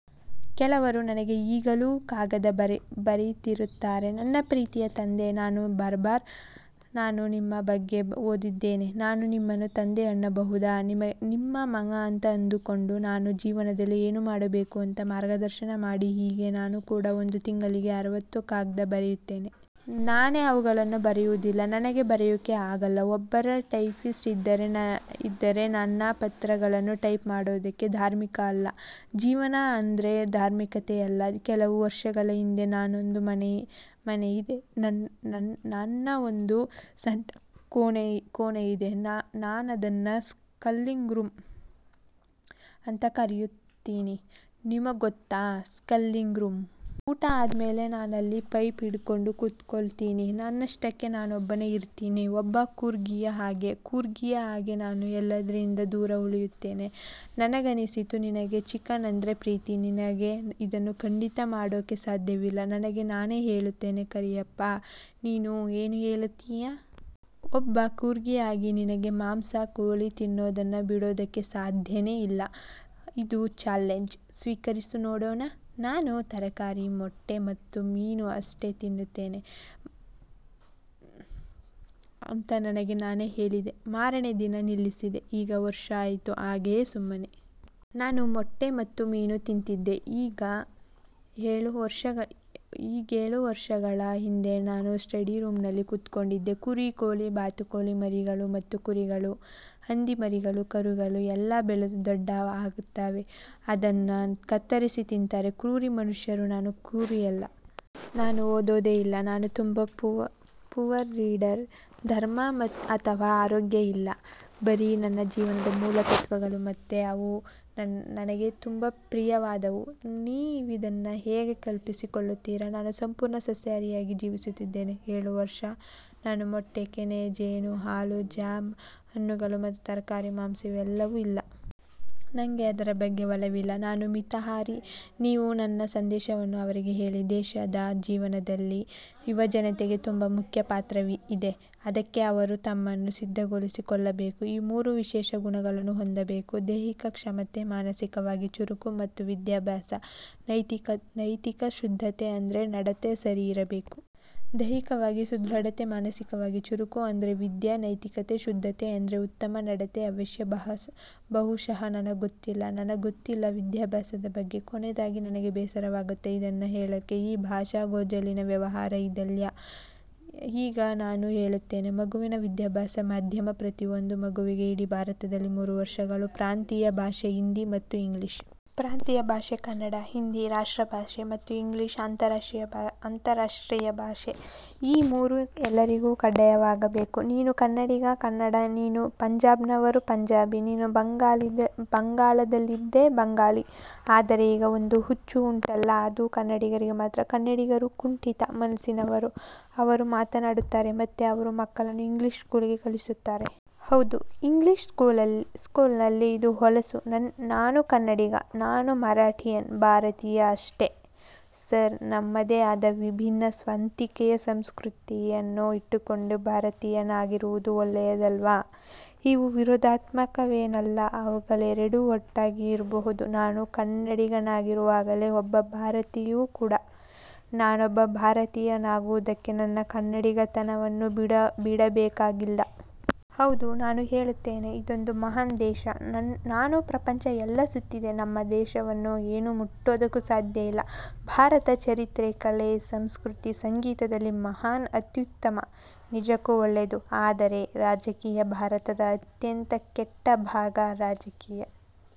ಕೆಲವರು ನನಗೆ ಈಗಲೂ ಕಾಗದ ಬರೀತಿರ್ತಾರೆ 'ನನ್ನ ಪ್ರೀತಿಯ ತಂದೆ, ನಾನು ಬಾರ್ಬರ್. ನಾನು ನಿಮ್ಮ ಬಗ್ಗೆ ಓದಿದ್ದೇನೆ. ನಾನು ನಿಮ್ಮನ್ನ ತಂದೆ ಅನ್ನಬಹುದಾ. ನಿಮ್ಮ ಮಗ ಅಂತ ಅಂದ್ಕೊಂಡು, ನಾನು ಜೀವನದಲ್ಲಿ ಏನು ಮಾಡಬೇಕು ಅಂತ ಮಾರ್ಗದರ್ಶನ ಮಾಡಿ. ' ಹೀಗೆ. ನಾನು ಕೂಡಾ ಒಂದು ತಿಂಗಳಿಗೆ ಅರವತ್ತು ಕಾಗ್ದ ಬರೀತೇನೆ. ನಾನೇ ಅವುಗಳನ್ನ ಬರಯೋದಿಲ್ಲ. ನನಗೆ ಬರೆಯೋಕೆ ಆಗಲ್ಲ. ಒಬ್ಬರು ಟೈಪಿಸ್ಟ್ ಇದ್ದಾರೆ ನನ್ನ ಪತ್ರಗಳನ್ನ ಟೈಪ್ ಮಾಡೋದಿಕ್ಕೆ. ಧಾರ್ಮಿಕ ಅಲ್ಲ. ಜೀವನ ಅಂದ್ರೆ ಧಾರ್ಮಿಕತೆ ಅಲ್ಲ. ಕೆಲವು ವರ್ಷಗಳ ಹಿಂದೆ, ನನ್ನದೊಂದು ಮನೆಯಿದೆ, ನನ್ನದೊಂದು ಸಣ್ಣ ಕೋಣೆಯಿದೆ. ನಾನದನ್ನ 'ಸಲ್ಕಿಂಗ್ ರೂಂ' ಅಂತ ಕರೀತೀನಿ. ನಿಮಗ್ಗೊತ್ತಾ 'ಸಲ್ಕಿಂಗ್ ರೂಂ. ' ಊಟ ಆದ್ಮೇಲೆ ನಾನಲ್ಲಿ ಪೈಪ್ ಹಿಡ್ಕೊಂಡು ಕೂತ್ಕೋಳ್ತೀನಿ. ನನ್ನಷ್ಟಕ್ಕೆ ನಾನೊಬ್ಬನೇ ಇರ್ತೀನೆ. ಒಬ್ಬ ಕೂರ್ಗಿಯ ಹಾಗೆ, ಕೂರ್ಗಿಯಾಗಿ ನಾನು ಎಲ್ಲದ್ರಿಂದ ದೂರ ಉಳೀತೀನೆ. ನನಗನಿಸಿತು. 'ನಿನಗೆ ಚಿಕನ್ ಅಂದ್ರೆ ಪ್ರೀತಿ. ನಿನಗೆ ಇದನ್ನ ಖಂಡಿತಾ ಮಾಡೋಕೆ ಸಾಧ್ಯವಿಲ್ಲ'. ನನಗೆ ನಾನೇ ಹೇಳ್ತೇನೆ. 'ಕಾರಿಯಪ್ಪ. ನೀನು ಏನು ಹೇಳ್ತಿಯಾ? ಒಬ್ಬ ಕೂರ್ಗಿಯಾಗಿ ನಿನಗೆ ಮಾಂಸ, ಕೋಳಿ, ತಿನ್ನೋದನ್ನ ಬಿಡೋದಕ್ಕೆ ಸಾಧ್ಯನೇ ಇಲ್ಲ. ಇದು ಚ್ಯಾಲೆಂಜ್. ಸ್ವೀಕರಿಸು ನೋಡೋಣ? ' 'ನಾನು ತರಕಾರಿ, ಮೊಟ್ಟೆ ಮತ್ತು ಮೀನು ಅಷ್ಟೇ ತಿನ್ತೇನೆ' ಅಂತ ನನಗೆ ನಾನೇ ಹೇಳಿದೆ. ಮಾರನೇ ದಿನ ನಿಲ್ಲಿಸಿದೆ. ಈಗ ವರ್ಷ ಆಯ್ತು. ಹಾಗೇ ಸುಮ್ಮನೆ. ನಾನು ಮೊಟ್ಟೆ ಮತ್ತು ಮೀನು ತಿಂತಿದ್ದೆ. ಈಗ್ಗೆ ಏಳು ವರ್ಷಗಳ ಹಿಂದೆ ನಾನು ಸ್ಟಡಿ ರೂಂನಲ್ಲಿ ಕೂತ್ಕೊಂಡಿದ್ದೆ. ಕುರಿ, ಕೋಳಿ, ಬಾತುಕೋಳಿ ಮರಿಗಳು, ಮತ್ತೆ ಕುರಿಗಳು. ಹಂದಿ ಮರಿಗಳು. ಕರುಗಳು. ಎಲ್ಲ ಬೆಳೆದು ದೊಡ್ಡ ಆಗ್ತಾವೆ. ಅದನ್ನ ಕತ್ತರಿಸಿ ತಿಂತಾರೆ ಕ್ರೂರಿ ಮನುಷ್ಯರು. ನಾನು ಕ್ರೂರಿಯಲ್ಲ. ನಾನು ಓದೋದೇ ಇಲ್ಲ. ನಾನು ತುಂಬಾ ಪುವರ್ ರೀಡರ್. ಧರ್ಮ ಅಥವಾ ಆರೋಗ್ಯ ಇಲ್ಲ. ಬರೀ ನನ್ನ ಜೀವನದ ಮೂಲ ತತ್ವಗಳು ಮತ್ತೆ ಅವು ನನಗೆ ತುಂಬಾ ಪ್ರಿಯವಾದವು. ನೀವಿದನ್ನ ಹೇಗೆ ಕಲ್ಪಿಸಿಕೊಳ್ತೀರಾ. ನಾನು ಸಂಪೂರ್ಣ ಸಸ್ಯಹಾರಿಯಾಗಿ ಜೀವಿಸ್ತಿದ್ದೇನೆ. ಏಳು ವರ್ಷ. ನಾನು ಮೊಟ್ಟೆ, ಕೆನೆ, ಜೇನು, ಹಾಲು, ಜ್ಯಾಮ್, ಹಣ್ಣುಗಳು ಮತ್ತೆ ತರಕಾರಿ, ಮಾಂಸ ಇಲ್ಲವೇ ಇಲ್ಲ. ನಂಗೆ ಅದರ ಬಗ್ಗೆ ಒಲವಿಲ್ಲ. ನಾನು ಮಿತಾಹಾರಿ. ನೀವು ನನ್ನ ಸಂದೇಶವನ್ನ ಅವರಿಗೆ ಹೇಳಿ. ದೇಶದ ಜೀವನದಲ್ಲಿ ಯುವಜನತೆಗೆ ತುಂಬಾ ಮುಖ್ಯ ಪಾತ್ರ ಇದೆ. ಅದಕ್ಕೆ ಅವರು ತಮ್ಮನ್ನ ಸಿದ್ಧಗೊಳಿಸಿಕೊಳ್ಳಬೇಕು. ಈ ಮೂರು ವಿಶೇಷ ಗುಣಗಳನ್ನ ಹೊಂದಬೇಕು. ದೈಹಿಕ ಕ್ಷಮತೆ, ಮಾನಸಿಕವಾಗಿ ಚುರುಕು ಮತ್ತು ವಿದ್ಯಾಭ್ಯಾಸ, ನೈತಿಕ ಶುದ್ಧತೆ ಅಂದ್ರೆ ನಡತೆ ಸರಿ ಇರಬೇಕು. ದೈಹಿಕವಾಗಿ ಸದೃಢತೆ, ಮಾನಸಿಕವಾಗಿ ಚುರುಕು ಅಂದ್ರೆ ವಿದ್ಯೆ, ನೈತಿಕ ಶುದ್ಧತೆ ಅಂದ್ರೆ ಉತ್ತಮ ನಡತೆ ಅವಶ್ಯ. ಬಹುಶಃ ನನಗ್ಗೊತ್ತಿಲ್ಲ. ನನಗ್ಗೊತ್ತಿಲ್ಲ ವಿದ್ಯಾಭ್ಯಾಸದ ಬಗ್ಗೆ. ಕೊನೇದಾಗಿ ನನಗೆ ಬೇಸರವಾಗುತ್ತೆ ಇದನ್ನ ಹೇಳಕ್ಕೆ ಈ ಭಾಷಾ ಗೋಜಲಿನ ವ್ಯವಹಾರ ಇದ್ಯಲ್ಲ ಈಗ. ನಾನು ಹೇಳ್ತೇನೆ. ಮಗುವಿನ ವಿದ್ಯಾಭ್ಯಾಸ ಮಾಧ್ಯಮ – ಪ್ರತಿಯೊಂದು ಮಗುವಿಗೂ ಇಡೀ ಭಾರತದಲ್ಲಿ ಮೂರು ಭಾಷೆಗಳು, ಪ್ರಾಂತೀಯ ಭಾಷೆ, ಹಿಂದಿ ಮತ್ತು ಇಂಗ್ಲಿಷ್. ಪ್ರಾಂತೀಯ ಭಾಷೆ ಕನ್ನಡ, ಹಿಂದಿ ರಾಷ್ಟ್ರಭಾಷೆ ಮತ್ತು ಇಂಗ್ಲಿಷ್ ಅಂತರರಾಷ್ಟ್ರೀಯ ಭಾಷೆ. ಈ ಮೂರು ಎಲ್ಲರಿಗೂ ಕಡ್ಡಾಯವಾಗಬೇಕು. ನೀನು ಕನ್ನಡಿಗ, ಕನ್ನಡ; ನೀನು ಪಂಜಾಬ್ನವರು, ಪಂಜಾಬಿ; ನೀನು ಬಂಗಾಳದಲ್ಲಿದ್ದೀ ಬಂಗಾಳಿ. ಆದರೆ ಈಗ ಒಂದು ಹುಚ್ಚು ಉಂಟಲ್ಲ ಅದು ಕನ್ನಡಿಗರಿಗೆ ಮಾತ್ರ. ಕನ್ನಡಿಗರು ಕುಂಠಿತ ಮನಸ್ಸಿನವರು ಅವರು ಮಾತಾಡ್ತಾರೆ ಮತ್ತೆ ಅವರ ಮಕ್ಕಳನ್ನ ಇಂಗ್ಲಿಷ್ ಸ್ಕೂಲ್ಗೆ ಕಳಿಸ್ತಾರೆ. ಹೌದು. ಇಂಗ್ಲಿಷ್ ಸ್ಕೂಲ್ನಲ್ಲಿ. ಇದು ಹೊಲಸು. ನಾನು ಕನ್ನಡಿಗ. ನಾನು ಮರಾಠಿಯನ್. ಭಾರತೀಯ ಅಷ್ಟೆ. ಸರ್, ನಮ್ಮದೇ ಆದ ವಿಭಿನ್ನ ಸ್ವಂತಿಕೆಯ ಸಂಸ್ಕೃತಿಯನ್ನ ಇಟ್ಟುಕೊಂಡೇ ಭಾರತೀಯನಾಗಿರುವುದು ಒಳ್ಳೇಯದಲ್ವ. ಇವು ವಿರೋಧಾತ್ಮಕವೇನಲ್ಲ. ಅವುಗಳೆರಡೂ ಒಟ್ಟಾಗಿ ಇರ್ಬಹುದು. ನಾನು ಕನ್ನಡಿಗನಾಗಿರುವಾಗಲೇ ಒಬ್ಬ ಭಾರತೀಯ ಕೂಡಾ. ನಾನೊಬ್ಬ ಭಾರತೀಯನಾಗುವುದಕ್ಕೆ ನನ್ನ ಕನ್ನಡಿಗತನವನ್ನ ಬಿಡಬೇಕಾಗಿಲ್ಲ. ಹೌದು. ನಾನು ಹೇಳ್ತೇನೆ, ಇದೊಂದು ಮಹಾನ್ ದೇಶ. ನಾನು ಪ್ರಪಂಚ ಎಲ್ಲ ಸುತ್ತಿದೆ. ನಮ್ಮ ದೇಶವನ್ನ ಏನೂ ಮುಟ್ಟೋದಕ್ಕೆ ಸಾಧ್ಯ ಇಲ್ಲ. ಭಾರತ ಚರಿತ್ರೆ, ಕಲೆ, ಸಂಸ್ಕೃತಿ, ಸಂಗೀತದಲ್ಲಿ ಮಹಾನ್, ಅತ್ಯುತ್ತಮ. ನಿಜಕ್ಕೂ ಒಳ್ಳೇದು. ಆದರೆ ರಾಜಕೀಯ ಭಾರತದ ಅತ್ಯಂತ ಕೆಟ್ಟ ಭಾಗ ರಾಜಕೀಯ.